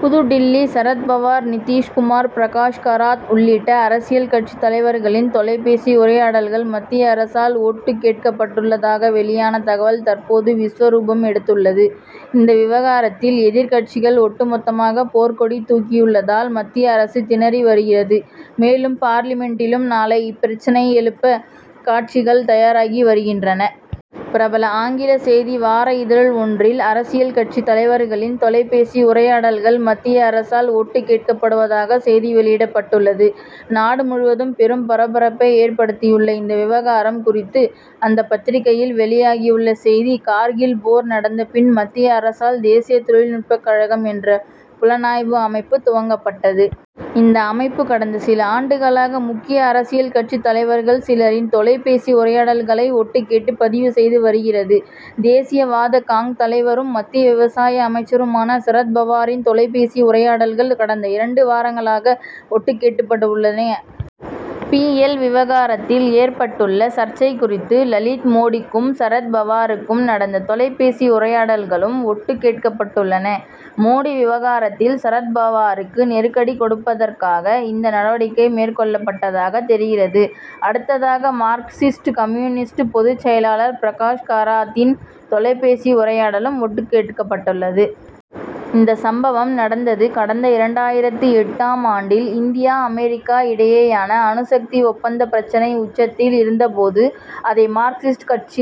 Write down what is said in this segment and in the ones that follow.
புதுடில்லி சரத் பவார், நிதிஷ் குமார், பிரகாஷ் கராத் உள்ளிட்ட அரசியல் கட்சி தலைவர்களின் தொலைபேசி உரையாடல்கள் மத்திய அரசால் ஒட்டு கேட்கப்பட்டுள்ளதாக வெளியான தகவல் தற்போது விஸ்வரூபம் எடுத்துள்ளது. இந்த விவகாரத்தில் எதிர்க்கட்சிகள் ஒட்டுமொத்தமாக போர்க்கொடி தூக்கியுள்ளதால் மத்திய அரசு திணறி வருகிறது. மேலும் பார்லிமென்டிலும் நாளை இப்பிரச்னையை எழுப்ப காட்சிகள் தயாராகி வருகின்றன. பிரபல ஆங்கில செய்தி வார இதழ் ஒன்றில் அரசியல் கட்சி தலைவர்களின் தொலைபேசி உரையாடல்கள் மத்திய அரசால் ஒட்டு கேட்கப்படுவதாக செய்தி வெளியிடப்பட்டுள்ளது. நாடு முழுவதும் பெரும் பரபரப்பை ஏற்படுத்தியுள்ள இந்த விவகாரம் குறித்து அந்த பத்திரிகையில் வெளியாகியுள்ள செய்தி:கார்கில் போர் நடந்த பின் மத்திய அரசால் தேசிய தொழில்நுட்பக் கழகம் என்ற புலனாய்வு அமைப்பு துவங்கப்பட்டது. இந்த அமைப்பு கடந்த சில ஆண்டுகளாக முக்கிய அரசியல் கட்சித் தலைவர்கள் சிலரின் தொலைபேசி உரையாடல்களை ஒட்டுக் கேட்டு பதிவு செய்து வருகிறது. தேசியவாத காங். தலைவரும் மத்திய விவசாய அமைச்சருமான சரத் பவாரின் தொலைபேசி உரையாடல்கள் கடந்த இரண்டு வாரங்களாக ஒட்டு கேட்டுப்பட உள்ளன. பி. எல் விவகாரத்தில் ஏற்பட்டுள்ள சர்ச்சை குறித்து லலித் மோடிக்கும் சரத் பவாருக்கும் நடந்த தொலைபேசி உரையாடல்களும் ஒட்டு கேட்கப்பட்டுள்ளன. மோடி விவகாரத்தில் சரத் பவாருக்கு நெருக்கடி கொடுப்பதற்காக இந்த நடவடிக்கை மேற்கொள்ளப்பட்டதாக தெரிகிறது. அடுத்ததாக மார்க்சிஸ்ட் கம்யூனிஸ்ட் பொதுச் செயலர் பிரகாஷ் கராத்தின் தொலைபேசி உரையாடலும் ஒட்டு கேட்கப்பட்டுள்ளது. இந்த சம்பவம் நடந்தது கடந்த இரண்டாயிரத்து எட்டு ஆம் ஆண்டில். இந்தியா அமெரிக்கா இடையேயான அணுசக்தி ஒப்பந்த பிரச்னை உச்சத்தில் இருந்தபோது அதை மார்க்சிஸ்ட் கட்சி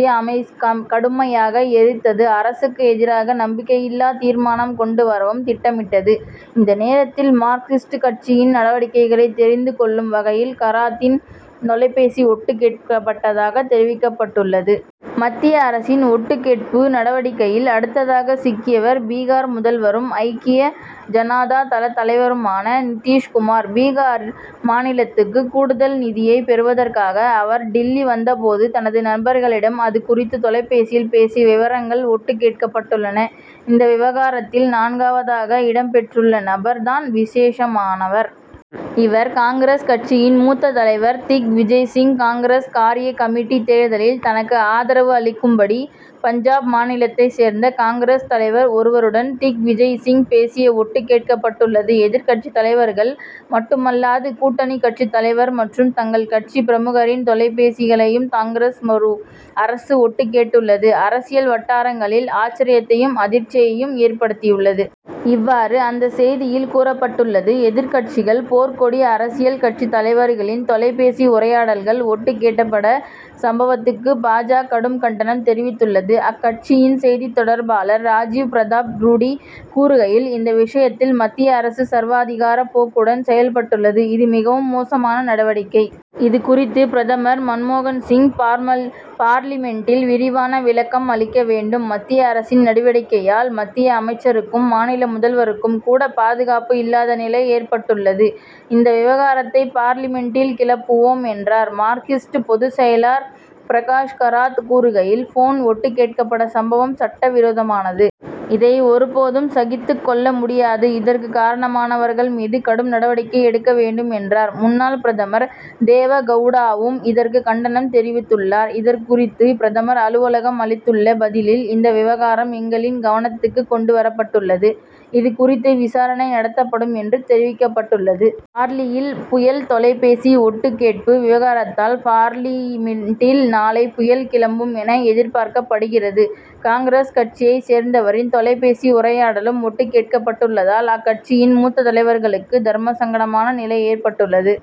கடுமையாக எதிர்த்தது. அரசுக்கு எதிராக நம்பிக்கையில்லா தீர்மானம் கொண்டு வரவும் திட்டமிட்டது. இந்த நேரத்தில் மார்க்சிஸ்ட் கட்சியின் நடவடிக்கைகளை தெரிந்து கொள்ளும் வகையில் கராத்தின் தொலைபேசி ஒட்டு கேட்கப்பட்டதாக தெரிவிக்கப்பட்டுள்ளது. மத்திய அரசின் ஒட்டு கேட்பு நடவடிக்கையில் அடுத்ததாக சிக்கியவர் பீகார் முதல்வரும் ஐக்கிய ஜனதா தள தலைவருமான நிதிஷ் குமார். பீகார் மாநிலத்துக்கு கூடுதல் நிதியை பெறுவதற்காக அவர் டில்லி வந்தபோது தனது நண்பர்களிடம் அது குறித்து தொலைபேசியில் பேசிய விவரங்கள் ஒட்டுக் கேட்கப்பட்டுள்ளன. இந்த விவகாரத்தில் நான்காவதாக இடம் பெற்றுள்ள நபர் தான் விசேஷமானவர். இவர் காங்கிரஸ் கட்சியின் மூத்த தலைவர் திக்விஜய் சிங். காங்கிரஸ் காரிய கமிட்டி தேர்தலில் தனக்கு ஆதரவு அளிக்கும்படி, பஞ்சாப் மாநிலத்தை சேர்ந்த காங்கிரஸ் தலைவர் ஒருவருடன் திக்விஜய்சிங் பேசியது ஒட்டு கேட்கப்பட்டுள்ளது. எதிர்க்கட்சி தலைவர்கள் மட்டுமல்லாது கூட்டணி கட்சித் தலைவர் மற்றும் தங்கள் கட்சி பிரமுகரின் தொலைபேசிகளையும், காங்கிரஸ் அரசு ஒட்டு கேட்டுள்ளது, அரசியல் வட்டாரங்களில் ஆச்சரியத்தையும் அதிர்ச்சியையும் ஏற்படுத்தியுள்ளது. இவ்வாறு அந்த செய்தியில் கூறப்பட்டுள்ளது. எதிர்க்கட்சிகள் போர்க்கொடி:அரசியல் கட்சித் தலைவர்களின் தொலைபேசி உரையாடல்கள் ஒட்டு கேட்கப்பட்ட சம்பவத்துக்கு பா. ஜ. கடும் கண்டனம் தெரிவித்துள்ளது. அக்கட்சியின் செய்தித் தொடர்பாளர் ராஜிவ் பிரதாப் ரூடி கூறுகையில் இந்த விஷயத்தில் மத்திய அரசு சர்வாதிகார போக்குடன் செயல்பட்டுள்ளது. இது மிகவும் மோசமான நடவடிக்கை. இதுகுறித்து பிரதமர் மன்மோகன் சிங் பார்லிமென்டில் விரிவான விளக்கம் அளிக்க வேண்டும். மத்திய அரசின் நடவடிக்கையால் மத்திய அமைச்சருக்கும் மாநில முதல்வருக்கும் கூட பாதுகாப்பு இல்லாத நிலை ஏற்பட்டுள்ளது. இந்த விவகாரத்தை பார்லிமென்டில் கிளப்புவோம் என்றார். மார்க்சிஸ்ட் பொதுச் செயலர் பிரகாஷ் கராத் கூறுகையில் போன் ஒட்டு கேட்கப்பட சம்பவம் சட்ட விரோதமானது. இதை ஒருபோதும் சகித்துக் கொள்ள முடியாது. இதற்கு காரணமானவர்கள் மீது கடும் நடவடிக்கை எடுக்க வேண்டும் என்றார். முன்னாள் பிரதமர் தேவகவுடாவும் இதற்கு கண்டனம் தெரிவித்துள்ளார். இதுகுறித்து பிரதமர் அலுவலகம் அளித்துள்ள பதிலில் இந்த விவகாரம் எங்களின் கவனத்துக்கு கொண்டு வரப்பட்டுள்ளது. இதுகுறித்து விசாரணை நடத்தப்படும் என்று தெரிவிக்கப்பட்டுள்ளது. பார்லியில் புயல்? தொலைபேசி ஒட்டு கேட்பு விவகாரத்தால் பார்லிமென்டில் நாளை புயல் கிளம்பும் என எதிர்பார்க்கப்படுகிறது. காங்கிரஸ் கட்சியைச் சேர்ந்தவரின் தொலைபேசி உரையாடலும் ஒட்டு கேட்கப்பட்டுள்ளதால் அக்கட்சியின் மூத்த தலைவர்களுக்கு தர்மசங்கடமான நிலை ஏற்பட்டுள்ளது.